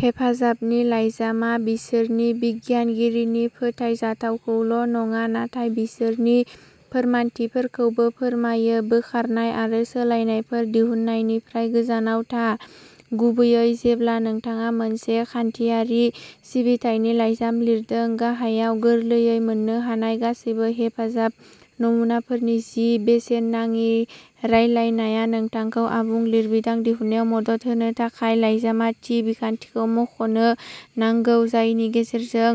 हेफाजाबनि लाइजामआ बिसोरनि बिनायगिरिनि फोथायजाथावखौल' नङा नाथाय बिसोरनि फोरमानथिफोरखौबो फोरमायो बोखारनाय आरो सोलायनायफोर दिहुननायनिफ्राय गोजानाव था गुबैयै जेब्ला नोंथाङा मोनसे खान्थियारि सिबिथायनि लाइजाम लिरदों गाहायाव गोरलैयै मोन्नो हानाय गासैबो हेफाजाब नमुनाफोरनि जि बेसेन नाङि रायलायनाया नोंथांखौ आबुं लिरबिदां दिहुननायाव मदद होनो थाखाय लाइजामआ थि बिखान्थिखौ मख'नो नांगौ जायनि गेजेरजों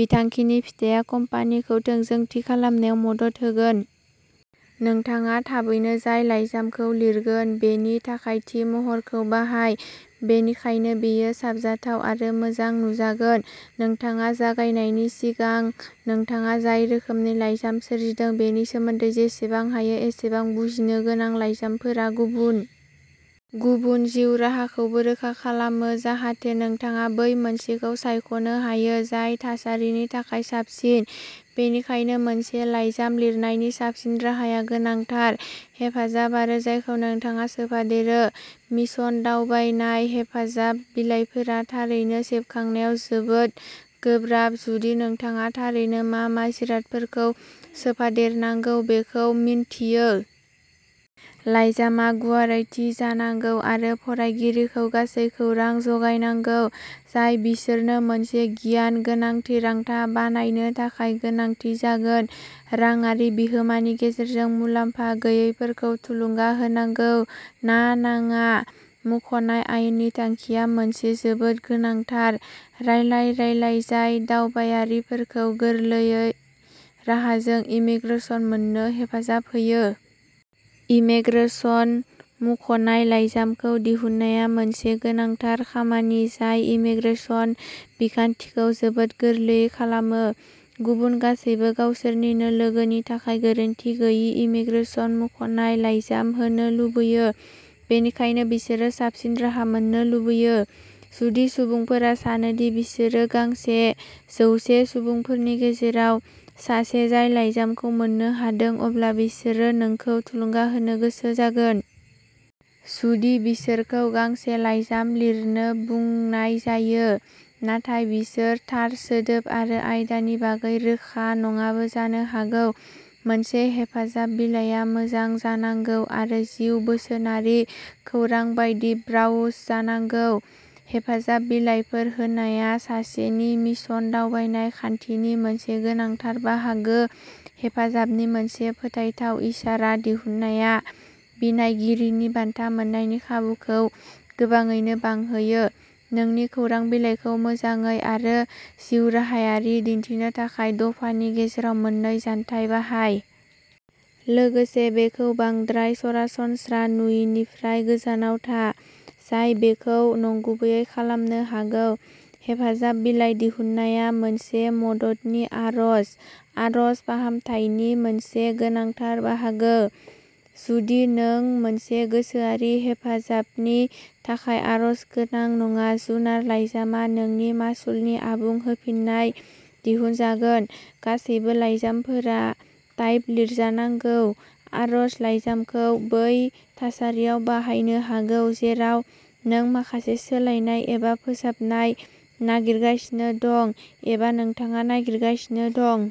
बिथांखिनि फिथाया कम्पानिखौ थोंजों थि खालामनायाव मदद होगोन। नोंथाङा थाबैनो जाय लाइजामखौ लिरगोन बेनि थाखाय थि महरखौ बाहाय बेनिखायनो बेयो साबजाथाव आरो मोजां नुजागोन नोंथाङा जागायनायनि सिगां नोंथाङा जाय रोखोमनि लाइजाम सोरजिदों बेनि सोमोन्दै जेसेबां हायो एसेबां बुजिनो गोनां लाइजामफोरा गुबुन गुबुन जिउ राहाखौबो रोखा खालामो जाहाथे नोंथाङा बै मोनसेखौ सायख'नो हायो जाय थासारिनि थाखाय साबसिन बेनिखायनो मोनसे लाइजाम लिरनायनि साबसिन राहाया गोनांथार हेफाजाब आरो जायखौ नोंथाङा सोफादेरो मिशन दावबायनाय हेफाजाब बिलायफोरा थारैनो सेबखांनायाव जोबोद गोब्राब जुदि नोंथाङा थारैनो मा मा जिरादफोरखौ सोफादेरनांगौ बेखौ मिन्थियो। लाइजामआ गुवारै थि जानांगौ आरो फरायगिरिखौ गासै खौरां जगायनांगौ जाय बिसोरनो मोनसे गियान गोनां थिरांथा बानायनो थाखाय गोनांथि जागोन रांआरि बिहोमानि गेजेरजों मुलाम्फा गैयैफोरखौ थुलुंगा होनांगौ ना नाङा मुंख'नाय आयेननि थांखिआ मोनसे जोबोद गोनांथार रायलाय रायलाय जाय दावबायारिफोरखौ गोरलै राहाजों इमीग्रेसन मोननो हेफाजाब होयो। इमीग्रेसन मुंख'नाय लाइजामखौ दिहुननाया मोनसे गोनांथार खामानि जाय इमीग्रेसन बिखान्थिखौ जोबोद गोरलै खालामो। गुबुन गासैबो गावसोरनिनो लोगोनि थाखाय गोरोन्थि गैयै इमीग्रेसन मुंख'नाय लाइजाम होनो लुबैयो बेनिखायनो बिसोरो साबसिन राहा मोन्नो लुबैयो। जुदि सुबुंफोरा सानो दि बिसोर गांसे जौसे सुबुंफोरनि गेजेराव सासे जाय लाइजामखौ मोन्नो हादों अब्ला बिसोरो नोंखौ थुलुंगा होनो गोसो जागोन। जुदि बिसोरखौ गांसे लाइजाम लिरनो बुंनाय जायो नाथाय बिसोर थार सोदोब आरो आयदानि बागै रोखा नङाबो जानो हागौ। मोनसे हेफाजाब बिलायआ मोजां जानांगौ आरो जिउ बोसोनारि खौरां बायदि ब्रावस जानांगौ हेफाजाब बिलायफोर होनाया सासेनि मिशन दावबायनाय खान्थिनि मोनसे गोनांथार बाहागो हेफाजाबनि मोनसे फोथायथाव इसारा दिहुननाया बिनायगिरिनि बान्था मोन्नायनि खाबुखौ गोबाङैनो बांहोयो नोंनि खौरां बिलाइखौ मोजाङै आरो जिउराहायारि दिन्थिनो थाखाय दफानि गेजेराव मोननै जानथाय बाहाय। लोगोसे बेखौ बांद्राय सरासनस्रा नुयिनिफ्राय गोजानाव था, जाय बेखौ नंगुबै खालामनो हागौ। हेफाजाब बिलाइ दिहुननाया मोनसे मददनि आर'ज आर'ज फाहामथायनि मोनसे गोनांथार बाहागो जुदि नों मोनसे गोसोआरि हेफाजाबनि थाखाय आर'ज गोनां नङा जुनार लाइजामआ नोंनि मासुलनि आबुं होफिन्नाय दिहुनजागोन गासैबो लाइजामफोरा टाइप लिरजानांगौ आर'ज लायजामखौ बै थासारियाव बाहायनो हागौ जेराव नों माखासे सोलायनाय एबा फोसाबनाय नागिरगासिनो दं एबा नोंथाङा नागिरगासिनो दं।